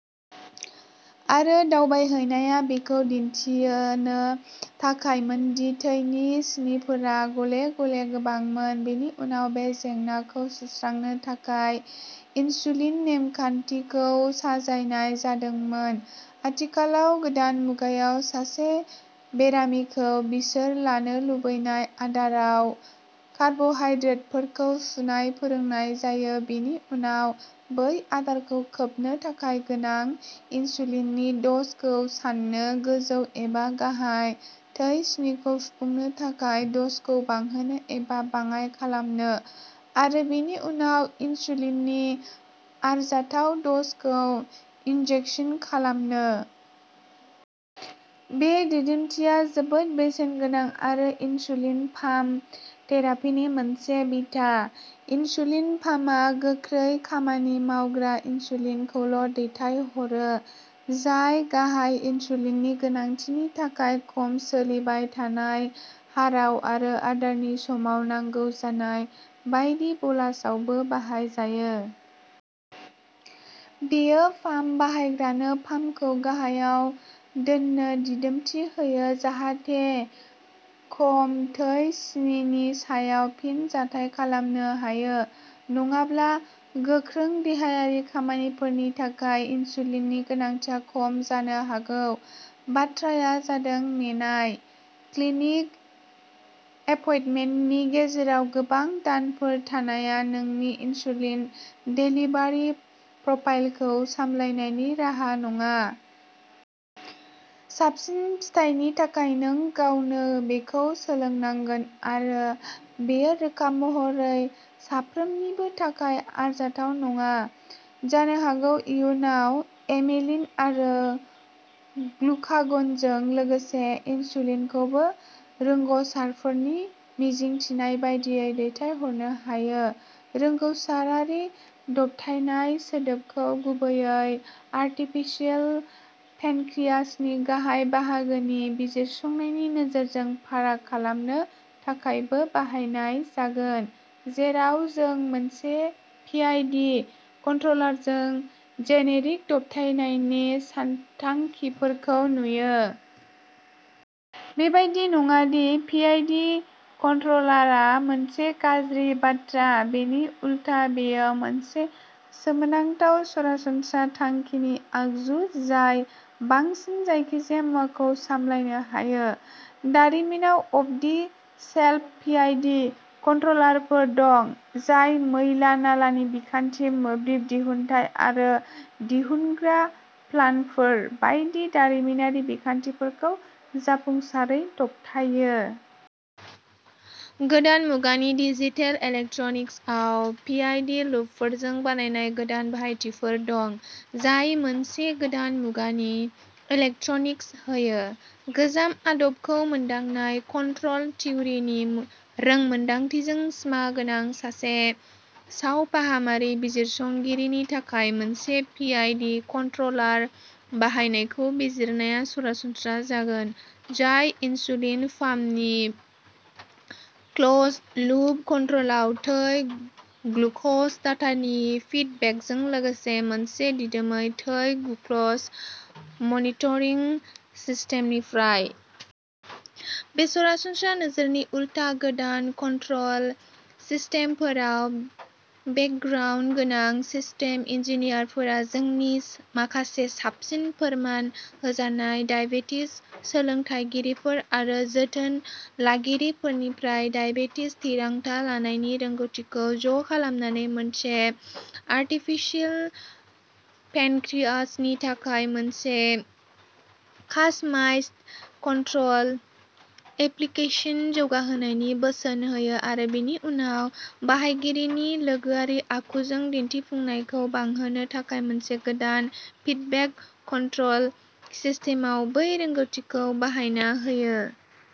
आरो। दावबायहैनाया बेखौ दिन्थिनो थाखायमोनदि थैनि सिनिफोरा गले गले गोबांमोन, बेनि उनाव बे जेंनाखौ सुस्रांनो थाखाय इनसुलिन नेमखानथिखौ साजायनाय जादोंमोन। आथिखालाव गोदान मुगायाव, सासे बेरामिखौ बिसोर जानो लुबैनाय आदाराव कार्बहाइड्रेटफोरखौ सुनाय फोरोंनाय जायो, बेनि उनाव बै आदारखौ खोबनो थाखाय गोनां इनसुलिननि द'जखौ सान्नो, गोजौ एबा गाहाय थै सिनिखौ सुफुंनो थाखाय द'जखौ बांहोनो एबा बाङाइ खालामनो, आरो बेनि उनाव इनसुलिननि आरजाथाव द'जखौ इनजेकसन खालामनो। बे दिदोमथिया जोबोद बेसेनगोनां, आरो इनसुलिन पाम्प थेरापिनि मोनसे बिथा। इनसुलिन पाम्पआ गोख्रै खामानि मावग्रा इनसुलिनखौल'दैथायहरो, जाय गाहाय इनसुलिननि गोनांथिनि थाखाय खम सोलिबाय थानाय हाराव आरो आदारनि समाव नांगौ जानाय बायदि बलासआवबो बाहायजायो। बेयो पाम्प बाहायग्रानो पाम्पखौ गाहायाव दोननो दिदोमथि होयो जाहाथे खम थै सिनिनि सायाव फिनजाथाय खालामनो हायो, नङाब्ला गोख्रों देहायारि खामानिफोरनि थाखाय इनसुलिननि गोनांथिया खम जानो हागौ। बाथ्राआ जादोंः नेनाय। क्लिनिक एपइन्टमेन्टनि गेजेराव गोबां दानफोर थानाया नोंनि इनसुलिन देलिभारि प्रफाइलखौ सामलायनायनि राहा नङा। साबसिन फिथायनि थाखाय नों गावनो बेखौ सोलोंनांगोन, आरो बेयो रोखा महरै साफ्रोमनिबो थाखाय आरजाथाव नङा। जानो हागौ इयुनाव, एमिलिन आरो ग्लुकागनजों लोगोसे इनसुलिनखौबो रोंग'सारफोरनि मिजिंथिनाय बायदियै दैथायहरनो हायो। रोंग'सारारि दबथायनाय सोदोबखौ गुबैयै आर्टिफिसियेल पेनक्रियाजनि गाहाय बाहागोनि बिजिरसंनायनि नोजोरजों फाराग खालामनो थाखायबो बाहायनाय जागोन, जेराव जों मोनसे पिआइडि कन्ट्र'लारजों जेनेरिक दबथायनायनि सानथांखिफोरखौ नुयो। बेबादि नङा दि पिआइडि कन्ट्र'लारआ मोनसे गाज्रि बाथ्रा-- बेनि उलथा बेयो मोनसे सोमोनांथाव सरासनस्रा थांखिनि आगजु जाय बांसिन जायखिजाया मुवाखौ सामलायनो हायो। दारिमिनाव अफ-दि-शेल्फ पिआइडि कन्ट्र'लारफोर दं जाय मैला-नालानि बिखान्थि, मोब्लिब दिहुन्थाय आरो दिहुनग्रा प्लान्टफोर बायदि दारिमिनारि बिखान्थिफोरखौ जाफुंसारै दबथायो। गोदान मुगानि डिजिटेल इलेक्ट्रनिक्सआव पिआइडि लुपफोरजों बानायनाय गोदान बाहायथिफोर दं, जाय मोनसे गोदान मुगानि इलेक्ट्रनिक्स होयो। गोजाम आदबखौ मोनदांनाय। कन्ट्रल थिउरिनि रोंमोन्दांथिजों सिमा गोनां सासे सावफाहामारि बिजिरसंगिरिनि थाखाय मोनसे पिआइडि कन्ट्र'लार बाहायनायखौ बिजिरनाया सरासनस्रा जागोन, जाय इनसुलिन पाम्पनि क्लोज्ड-लुप कन्ट्र'लआव थै ग्लुक'ज डाटानि फिडबेकजों लोगोसे मोनसे दिदोमै थै ग्लुक'ज मनिटरिं सिस्टेमनिफ्राय। बे सरासनस्रा नोजोरनि उल्था, गोदान कन्ट्रल सिस्टेमफोराव बेकग्राउन्ड गोनां सिस्टेम इन्जिनियारफोरा जोंनि माखासे साबसिन फोरमान होजानाय डायबेटिस सोलोंथायगिरिफोर आरो जोथोन लागिरिफोरनिफ्राय डायबेटिस थिरांथा लानायनि रोंग'थिखौ ज'खालामनानै मोनसे आरटिफिसियेल पेनक्रियाजनि थाखाय मोनसे कास्टमाइज्ड कन्ट्रल एप्लिकेशन जौगाहोनायनि बोसोन होयो आरो बेनि उनाव बाहायगिरिनि लोगोआरि आखुजों दिन्थिफुंनायखौ बांहोनो थाखाय मोनसे गोदान फिडबेक कन्ट्रल सिस्टेमाव बै रोंग'थिखौ बाहायना होयो।